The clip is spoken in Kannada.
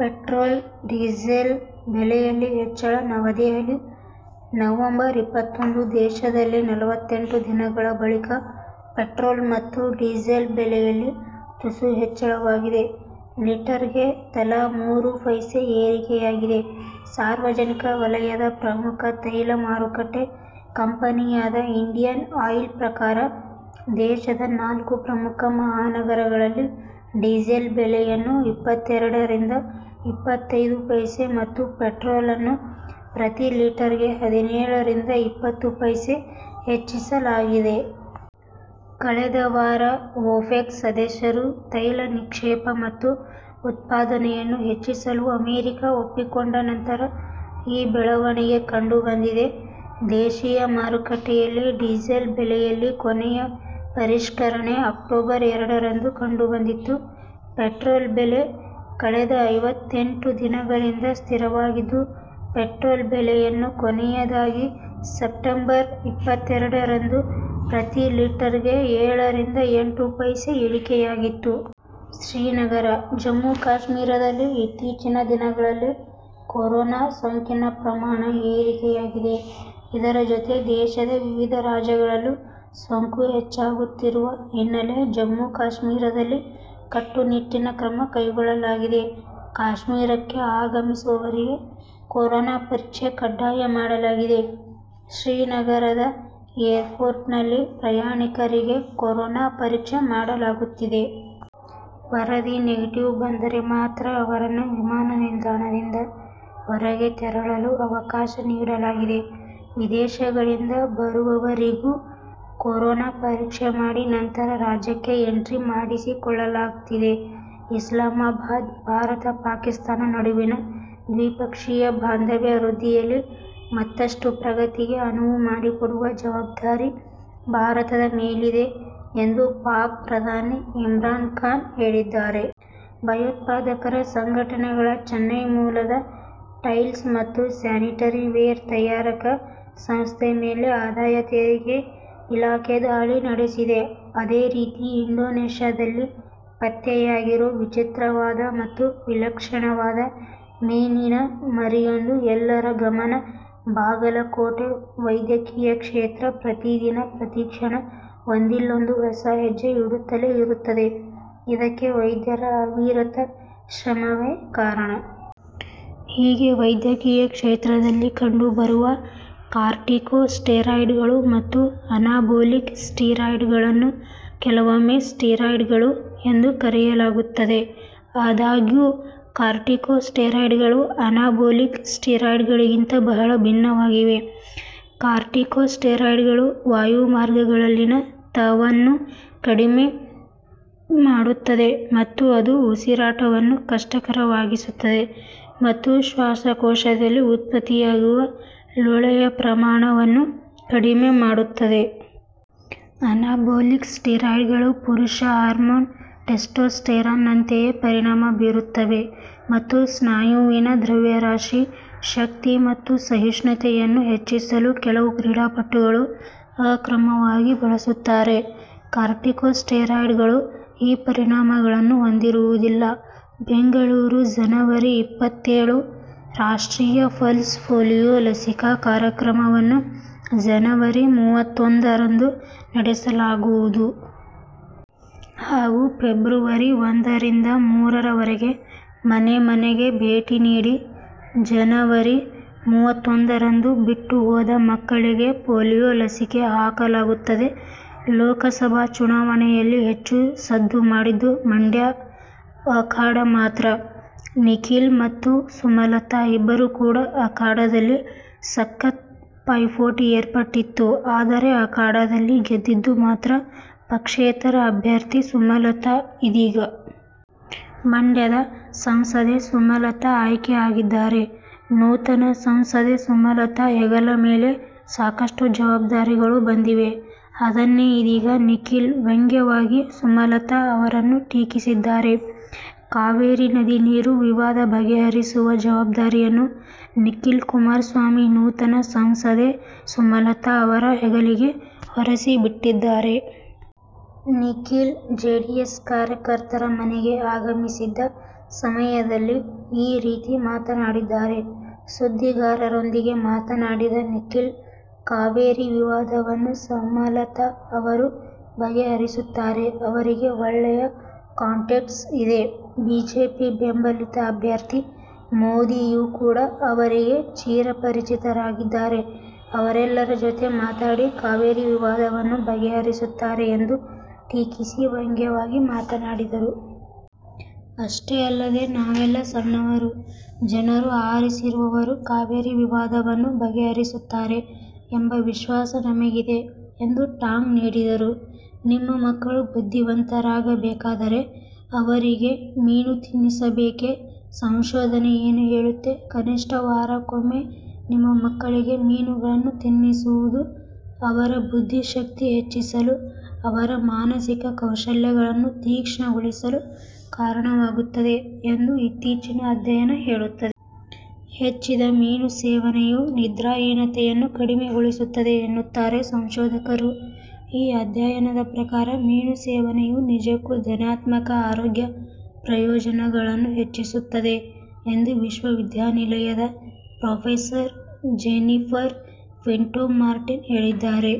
ಪೆಟ್ರೋಲ್, ಡೀಸೆಲ್ ಬೆಲೆಯಲ್ಲಿ ಹೆಚ್ಚಳ ನವದೆಹಲಿ ನವಂಬರ್ ಇಪ್ಪತ್ತೊಂದು ದೇಶದಲ್ಲಿ ನಲವತ್ತೆಂಟು ದಿನಗಳ ಬಳಿಕ ಪೆಟ್ರೋಲ್ ಮತ್ತು ಡೀಸೆಲ್ ಬೆಲೆಯಲ್ಲಿ ತುಸು ಹೆಚ್ಚಳವಾಗಿದೆ. ಲೀಟರ್ ಗೆ ತಲಾ ಮೂರು ಪೈಸೆ ಏರಿಕೆಯಾಗಿದೆ. ಸಾರ್ವಜನಿಕ ವಲಯದ ಪ್ರಮುಖ ತೈಲ ಮಾರುಕಟ್ಟೆ ಕಂಪನಿಯಾದ ಇಂಡಿಯನ್ ಆಯಿಲ್ ಪ್ರಕಾರ, ದೇಶದ ನಾಲ್ಕು ಪ್ರಮುಖ ಮಹಾನಗರಗಳಲ್ಲಿ ಡೀಸೆಲ್ ಬೆಲೆಯನ್ನು ಇಪ್ಪತ್ತೆರಡರಿಂದ ಇಪ್ಪತ್ತೈದು ಪೈಸೆ ಮತ್ತು ಪೆಟ್ರೋಲ್ ಅನ್ನು ಪ್ರತಿ ಲೀಟರ್ ಗೆ ಹದಿನೇಳರಿಂದ ಇಪ್ಪತ್ತು ಪೈಸೆ ಹೆಚ್ಚಿಸಲಾಗಿದೆ. ಕಳೆದ ವಾರ ಒಪೆಕ್ ಸದಸ್ಯರು ತೈಲ ನಿಕ್ಷೇಪ ಮತ್ತು ಉತ್ಪಾದನೆಯನ್ನು ಹೆಚ್ಚಿಸಲು ಅಮೆರಿಕ ಒಪ್ಪಿಕೊಂಡ ನಂತರ ಈ ಬೆಳವಣಿಗೆ ಕಂಡು ಬಂದಿದೆ. ದೇಶೀಯ ಮಾರುಕಟ್ಟೆಯಲ್ಲಿ, ಡೀಸೆಲ್ ಬೆಲೆಯಲ್ಲಿ ಕೊನೆಯ ಪರಿಷ್ಕರಣೆ ಅಕ್ಟೋಬರ್ ಎರಡರಂದು ಕಂಡುಬಂದಿತ್ತು, ಪೆಟ್ರೋಲ್ ಬೆಲೆ ಕಳೆದ ಐವತ್ತೆಂಟು ದಿನಗಳಿಂದ ಸ್ಥಿರವಾಗಿತ್ತು. ಪೆಟ್ರೋಲ್ ಬೆಲೆಯನ್ನು ಕೊನೆಯದಾಗಿ ಸೆಪ್ಟೆಂಬರ್ ಇಪ್ಪತ್ತೆರಡರಂದು ಪ್ರತಿ ಲೀಟರ್ಗೆ ಏಳರಿಂದ ಎಂಟು ಪೈಸೆ ಇಳಿಕೆಯಾಗಿತ್ತು. ಶ್ರೀನಗರ: ಜಮ್ಮು ಕಾಶ್ಮೀರದಲ್ಲಿ ಇತ್ತೀಚಿನ ದಿನಗಳಲ್ಲಿ ಕೊರೊನಾ ಸೋಂಕಿನ ಪ್ರಮಾಣ ಏರಿಕೆಯಾಗಿದೆ. ಇದರ ಜೊತೆ ದೇಶದ ವಿವಿಧ ರಾಜ್ಯಗಳಲ್ಲೂ ಸೋಂಕು ಹೆಚ್ಚಾಗುತ್ತಿರುವ ಹಿನ್ನೆಲೆ ಜಮ್ಮು ಕಾಶ್ಮೀರದಲ್ಲಿ ಕಟ್ಟುನಿಟ್ಟಿನ ಕ್ರಮ ಕೈಗೊಳ್ಳಲಾಗಿದೆ. ಕಾಶ್ಮೀರಕ್ಕೆ ಆಗಮಿಸುವವರಿಗೆ ಕೊರೊನಾ ಪರೀಕ್ಷೆ ಕಡ್ಡಾಯ ಮಾಡಲಾಗಿದೆ. ಶ್ರೀನಗರದ ಏರ್ಪೋರ್ಟ್ನಲ್ಲಿ ಪ್ರಯಾಣಿಕರಿಗೆ ಕೊರೊನಾ ಪರೀಕ್ಷೆ ಮಾಡಲಾಗುತ್ತಿದೆ. ವರದಿ ನೆಗೆಟಿವ್ ಬಂದರೆ ಮಾತ್ರ ಅವರನ್ನ ವಿಮಾನ ನಿಲ್ದಾಣದಿಂದ ಹೊರಗೆ ತೆರಳಲು ಅವಕಾಶ ನೀಡಲಾಗಿದೆ. ವಿದೇಶಗಳಿಂದ ಬರುವವರಿಗೂ ಕೊರೊನಾ ಪರೀಕ್ಷೆ ಮಾಡಿ ನಂತರ ರಾಜ್ಯಕ್ಕೆ ಎಂಟ್ರಿ ಮಾಡಿಸಿಕೊಳ್ಳಲಾಗ್ತಿದೆ. ಇಸ್ಲಾಮಾಬಾದ್: ಭಾರತ-ಪಾಕಿಸ್ತಾನ ನಡುವಿನ ದ್ವಿಪಕ್ಷೀಯ ಬಾಂಧವ್ಯ ವೃದ್ಧಿಯಲ್ಲಿ ಮತ್ತಷ್ಟು ಪ್ರಗತಿಗೆ ಅನುವು ಮಾಡಿಕೊಡುವ ಜವಾಬ್ದಾರಿ ಭಾರತದ ಮೇಲಿದೆ ಎಂದು ಪಾಕ್ ಪ್ರಧಾನಿ ಇಮ್ರಾನ್ಖಾನ್ ಹೇಳಿದ್ದಾರೆ. ಭಯೋತ್ಪಾದಕ ಸಂಘಟನೆಗಳಚೆನ್ನೈ ಮೂಲದ ಟೈಲ್ಸ್ ಮತ್ತು ಸ್ಯಾನಿಟರಿ ವೇರ್ ತಯಾರಕ ಸಂಸ್ಥೆ ಮೇಲೆ ಆದಾಯ ತೆರಿಗೆ ಇಲಾಖೆ ದಾಳಿ ನಡೆಸಿದೆ. ಅದೇ ರೀತಿ ಇಂಡೋನೇಷ್ಯಾದಲ್ಲಿ ಪತ್ತೆಯಾಗಿರೋ ವಿಚಿತ್ರವಾದ ಮತ್ತು ವಿಲಕ್ಷಣವಾದ ಮೀನಿನ ಮರಿಯೊಂದು ಎಲ್ಲರ ಗಮನಬಾಗಲಕೋಟೆ: ವೈದ್ಯಕೀಯ ಕ್ಷೇತ್ರ ಪ್ರತಿದಿನ, ಪ್ರತಿಕ್ಷಣ ಒಂದಿಲ್ಲೊಂದು ಹೊಸ ಹೆಜ್ಜೆ ಇಡುತ್ತಲೇ ಇರುತ್ತದೆ, ಇದಕ್ಕೆ ವೈದ್ಯರ ಅವಿರತ ಶ್ರಮವೇ ಕಾರಣ. ಹೀಗೆ ವೈದ್ಯಕೀಯ ಕ್ಷೇತ್ರದಲ್ಲಿ ಕಂಡು ಬರುವ ಕಾರ್ಟಿಕೊ ಸ್ಟೆರಾಯ್ಡ್ಗಳು ಮತ್ತು ಅನಾಬೊಲಿಕ್ ಸ್ಟೀರಾಯ್ಡ್ಗಳನ್ನು ಕೆಲವೊಮ್ಮೆ ಸ್ಟೀರಾಯ್ಡ್ಗಳು ಎಂದು ಕರೆಯಲಾಗುತ್ತದೆ. ಆದಾಗ್ಯೂ, ಕಾರ್ಟಿಕೊ ಸ್ಟೆರಾಯ್ಡ್ಗಳು ಅನಾಬೊಲಿಕ್ ಸ್ಟೀರಾಯ್ಡ್ಗಳಿಗಿಂತ ಬಹಳ ಭಿನ್ನವಾಗಿವೆ. ಕಾರ್ಟಿಕೊ ಸ್ಟೆರಾಯ್ಡ್ಗಳು ವಾಯುಮಾರ್ಗಗಳಲ್ಲಿನ ತವನ್ನು ಕಡಿಮೆ ಮಾಡುತ್ತದೆ ಮತ್ತು ಅದು ಉಸಿರಾಟವನ್ನು ಕಷ್ಟಕರವಾಗಿಸುತ್ತದೆ ಮತ್ತು ಶ್ವಾಸಕೋಶದಲ್ಲಿ ಉತ್ಪತ್ತಿಯಾಗುವ ಲೋಳೆಯ ಪ್ರಮಾಣವನ್ನು ಕಡಿಮೆ ಮಾಡುತ್ತದೆ. ಅನಾಬೊಲಿಕ್ ಸ್ಟೀರಾಯ್ಡ್ಗಳು ಪುರುಷ ಹಾರ್ಮೋನ್ ಟೆಸ್ಟೋಸ್ಟೆರಾನ್ ನಂತೆಯೇ ಪರಿಣಾಮ ಬೀರುತ್ತವೆ ಮತ್ತು ಸ್ನಾಯುವಿನ ದ್ರವ್ಯರಾಶಿ, ಶಕ್ತಿ ಮತ್ತು ಸಹಿಷ್ಣುತೆಯನ್ನು ಹೆಚ್ಚಿಸಲು ಕೆಲವು ಕ್ರೀಡಾಪಟುಗಳು ಅಕ್ರಮವಾಗಿ ಬಳಸುತ್ತಾರೆ. ಕಾರ್ಟಿಕೊಸ್ಟೆರಾಯ್ಡ್ಗಳು ಈ ಪರಿಣಾಮಗಳನ್ನು ಹೊಂದಿರುವುದಿಲ್ಲ. ಬೆಂಗಳೂರು, ಜನವರಿ ಇಪ್ಪತ್ತೇಳು: ರಾಷ್ಟ್ರೀಯ ಪಲ್ಸ್ ಪೋಲೀಯೋ ಲಸಿಕಾ ಕಾರ್ಯಕ್ರಮವನ್ನು ಜನವರಿ ಮೂವತ್ತೊಂದರಂದು ನಡೆಸಲಾಗುವುದು. ಹಾಗೂ ಫೆಬ್ರವರಿ ಒಂದರಿಂದ ಮೂರರವರೆಗೆ ಮನೆ ಮನೆಗೆ ಭೇಟಿ ನೀಡಿ ಜನವರಿ. ಮೂವತ್ತೊಂದರಂದು ಬಿಟ್ಟು ಹೋದ ಮಕ್ಕಳಿಗೆ ಪೋಲಿಯೋ ಲಸಿಕೆ ಹಾಕಲಾಗುತ್ತದೆ. ಲೋಕಸಭಾ ಚುನಾವಣೆಯಲ್ಲಿ ಹೆಚ್ಚು ಸದ್ದು ಮಾಡಿದ್ದು ಮಂಡ್ಯ ಅಖಾಡ ಮಾತ್ರ.. ನಿಖಿಲ್ ಮತ್ತು ಸುಮಲತಾ ಇಬ್ಬರು ಕೂಡ ಅಖಾಡದಲ್ಲಿ ಸಖತ್ ಪೈಪೋಟಿ ಏರ್ಪಟ್ಟಿತ್ತು.. ಆದರೆ ಅಖಾಡದಲ್ಲಿ ಗೆದ್ದಿದ್ದು ಮಾತ್ರ ಪಕ್ಷೇತರ ಅಭ್ಯರ್ಥಿ ಸುಮಲತಾ. ಇದೀಗ ಮಂಡ್ಯದ ಸಂಸದೆ ಸುಮಲತಾ ಆಯ್ಕೆ ಆಗಿದ್ದಾರೆ. ನೂತನ ಸಂಸದೆ ಸುಮಲತಾ ಹೆಗಲ ಮೇಲೆ ಸಾಕಷ್ಟು ಜವಬ್ಧಾರಿಗಳು ಬಂದಿವೆ. ಅದನ್ನೆ ಇದೀಗ ನಿಖಿಲ್ ವ್ಯಂಗ್ಯವಾಗಿ ಸುಮಲತಾ ಅವರನ್ನು ಟೀಕಿಸಿದ್ದಾರೆ. ಕಾವೇರಿ ನದಿ ನೀರು ವಿವಾದ ಬಗೆಹರಿಸುವ ಜವಬ್ದಾರಿಯನ್ನು ನಿಖಿಲ್ ಕುಮಾರಸ್ವಾಮಿ ನೂತನ ಸಂಸದೆ ಸುಮಲತಾ ಅವರ ಹೆಗಲಿಗೆ ಹೊರಸಿ ಬಿಟ್ಟಿದ್ದಾರೆ. ನಿಖಿಲ್ ಜೆಡಿಎಸ್ ಕಾರ್ಯಕರ್ತರ ಮನೆಗೆ ಆಗಮಿಸಿದ್ದ ಸಮಯದಲ್ಲಿ ಈ ರೀತಿ ಮಾತನಾಡಿದ್ದಾರೆ. ಸುದ್ದಿಗಾರರೊಂದಿಗೆ ಮಾತನಾಡಿದ ನಿಖಿಲ್ ಕಾವೇರಿ ವಿವಾದವನ್ನು ಸುಮಲತಾ ಅವರು ಬಗೆ ಹರಿಸುತ್ತಾರೆ. ಅವರಿಗೆ ಒಳ್ಳೆಯ ಕಾಂಟ್ಯಾಕ್ಟ್ಸ್ ಇದೆ.. ಬಿಜೆಪಿ ಬೆಂಬಲಿತ ಅಭ್ಯರ್ಥಿ. ಮೋದಿಯು ಕೂಡ ಅವರಿಗೆ ಚಿರ ಪರಿಚಿತರಾಗಿದ್ದಾರೆ. ಅವರೆಲ್ಲರ ಜೊತೆ ಮಾತಾಡಿ ಕಾವೇರಿ ವಿವಾದವನ್ನು ಬಗೆಹರಿಸುತ್ತಾರೆ ಎಂದು ಟೀಕಿಸಿ ವ್ಯಂಗ್ಯವಾಗಿ ಮಾತನಾಡಿದರು. ಅಷ್ಟೆ ಅಲ್ಲದೆ ನಾವೆಲ್ಲ ಸಣ್ಣವರು, ಜನರು ಆರಿಸಿರುವವರು ಕಾವೇರಿ ವಿವಾದವನ್ನು ಬಗೆಹರಿಸುತ್ತಾರೆ ಎಂಬ ವಿಶ್ವಾಸ ನಮಗಿದೆ ಎಂದು ಟಾಂಗ್ ನೀಡಿದರು. ನಿಮ್ಮ ಮಕ್ಕಳು ಬುದ್ಧಿವಂತರಾಗ ಬೇಕಾದರೆ ಅವರಿಗೆ ಮೀನು ತಿನ್ನಿಸಬೇಕೇ; ಸಂಶೋಧನೆ ಏನು ಹೇಳುತ್ತೆ ಕನಿಷ್ಠ ವಾರಕ್ಕೊಮ್ಮೆ ನಿಮ್ಮ ಮಕ್ಕಳಿಗೆ ಮೀನುಗಳನ್ನು ತಿನ್ನಿಸುವುದು ಅವರ ಬುದ್ಧಿ ಶಕ್ತಿ ಹೆಚ್ಚಿಸಲು, ಅವರ ಮಾನಸಿಕ ಕೌಶಲ್ಯಗಳನ್ನು ತೀಕ್ಷ್ಣಗೊಳಿಸಲು ಕಾರಣವಾಗುತ್ತದೆ ಎಂದು ಇತ್ತೀಚಿನ ಅಧ್ಯಯನ ಹೇಳುತ್ತದೆ. ಹೆಚ್ಚಿದ ಮೀನು ಸೇವನೆಯು ನಿದ್ರಾಹೀನತೆಯನ್ನು ಕಡಿಮೆಗೊಳಿಸುತ್ತದೆ ಎನ್ನುತ್ತಾರೆ ಸಂಶೋಧಕರು. ಈ ಅಧ್ಯಯನದ ಪ್ರಕಾರ "ಮೀನು ಸೇವನೆಯು ನಿಜಕ್ಕೂ ಧನಾತ್ಮಕ ಆರೋಗ್ಯ ಪ್ರಯೋಜನಗಳನ್ನು ಹೆಚ್ಚಿಸುತ್ತದೆ" ಎಂದು ವಿಶ್ವವಿದ್ಯಾನಿಲಯದ ಪ್ರೊಫೆಸರ್ ಜೆನ್ನಿಫರ್ ಪಿಂಟೊ ಮಾರ್ಟಿನ್ ಹೇಳಿದ್ದಾರೆ.